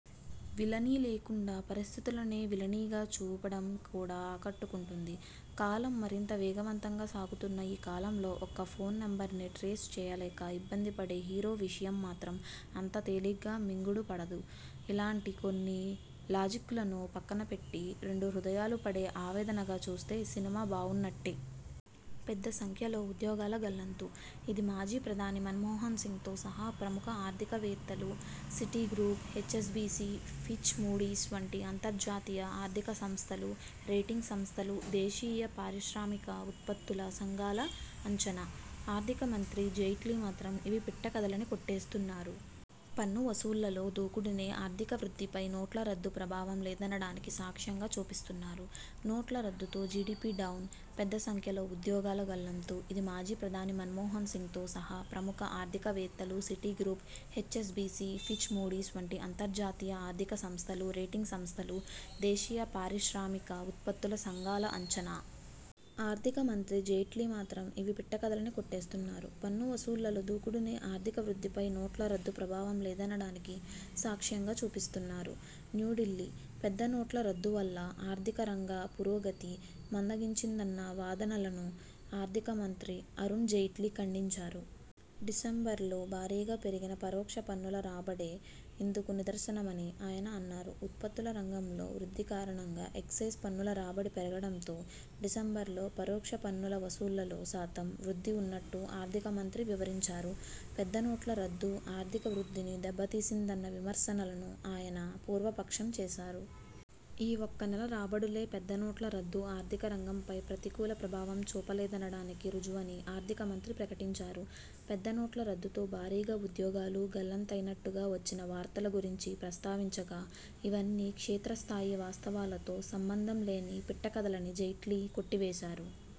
Villainy లేకుండా పరిస్థితులనే విలనీగా చూపడం కూడా ఆకట్టకుంటుంది. కాలం మరింత వేగవంతంగా సాగుతున్న ఈ కాలంలో ఒక్క ఫోన్ నెంబర్ని ట్రేస్ చేయలేక ఇబ్బందిపడే హీరో విషయం మాత్రం అంత తేలిగ్గా మింగుడుపడదు. ఇలాంటి కొన్ని లాజిక్కులను పక్కనపెట్టి, రెండు హృదయాలు పడే ఆవేదనగా చూస్తే సినిమా బావున్నట్టే. పెద్ద సంఖ్యలో ఉద్యోగాల గల్లంతు. ఇది మాజీ ప్రధాని మన్మోహన్సింగ్తో సహా ప్రముఖ ఆర్థికవేత్తలు, సిటిగ్రూప్, హెచ్ఎస్బిసి, ఫిచ్, మూడీస్ వంటి అంతర్జాతీయ ఆర్థిక సంస్థలు, రేటింగ్ సంస్థలు, దేశీయ పారిశ్రామిక ఉత్పత్తుల సంఘాల అంచనా. ఆర్థిక మంత్రి జైట్లీ మాత్రం ఇవి పిట్ట కథలని కొట్టేస్తున్నారు. పన్ను వసూళ్లలో దూకుడునే ఆర్థిక వృద్ధిపై నోట్ల రద్దు ప్రభావం లేదనడానికి సాక్ష్యంగా చూపిస్తున్నారు. నోట్ల రద్దుతో జిడిపి డౌన్. పెద్ద సంఖ్యలో ఉద్యోగాల గల్లంతు. ఇది మాజీ ప్రధాని మన్మోహన్సింగ్తో సహా ప్రముఖ ఆర్థికవేత్తలు, సిటిగ్రూప్, హెచ్ఎస్బిసి, ఫిచ్, మూడీస్ వంటి అంతర్జాతీయ ఆర్థిక సంస్థలు, రేటింగ్ సంస్థలు, దేశీయ పారిశ్రామిక ఉత్పత్తుల సంఘాల అంచనా. ఆర్థిక మంత్రి జైట్లీ మాత్రం ఇవి పిట్ట కథలని కొట్టేస్తున్నారు. పన్ను వసూళ్లలో దూకుడునే ఆర్థిక వృద్ధిపై నోట్ల రద్దు ప్రభావం లేదనడానికి సాక్ష్యంగా చూపిస్తున్నారు. న్యూఢిల్లీ: పెద్ద నోట్ల రద్దు వల్ల ఆర్థికరంగ పురోగతి మందగించిందన్న వాదనలను ఆర్థిక మంత్రి అరుణ్ జైట్లీ ఖండించారు. డిసెంబర్లో భారీగా పెరిగిన పరోక్ష పన్నుల రాబడే ఇందుకు నిదర్శనమని ఆయన అన్నారు. ఉత్పత్తుల రంగంలో వృద్ధి కారణంగా ఎక్సైజ్ పన్నుల రాబడి పెరగడంతో డిసెంబర్లో పరోక్ష పన్నుల వసూళ్లలో శాతం వృద్ధి ఉన్నట్టు ఆర్థిక మంత్రి వివరించారు. పెద్ద నోట్ల రద్దు ఆర్థిక వృద్ధిని దెబ్బతీసిందన్న విమర్శలను ఆయన పూర్వపక్షం చేశారు. ఈ ఒక్క నెల రాబడులే, పెద్ద నోట్ల రద్దు ఆర్థిక రంగంపై ప్రతికూల ప్రభావం చూపలేదనడానికి రుజువని ఆర్థిక మంత్రి ప్రకటించారు. పెద్ద నోట్ల రద్దుతో భారీగా ఉద్యోగాలు గల్లంతైనట్టుగా వచ్చిన వార్తల గురించి ప్రస్తావించగా, ఇవన్నీ క్షేత్రస్థాయి వాస్తవాలతో సంబంధంలేని పిట్ట కథలని జైట్లీ కొట్టివేశారు.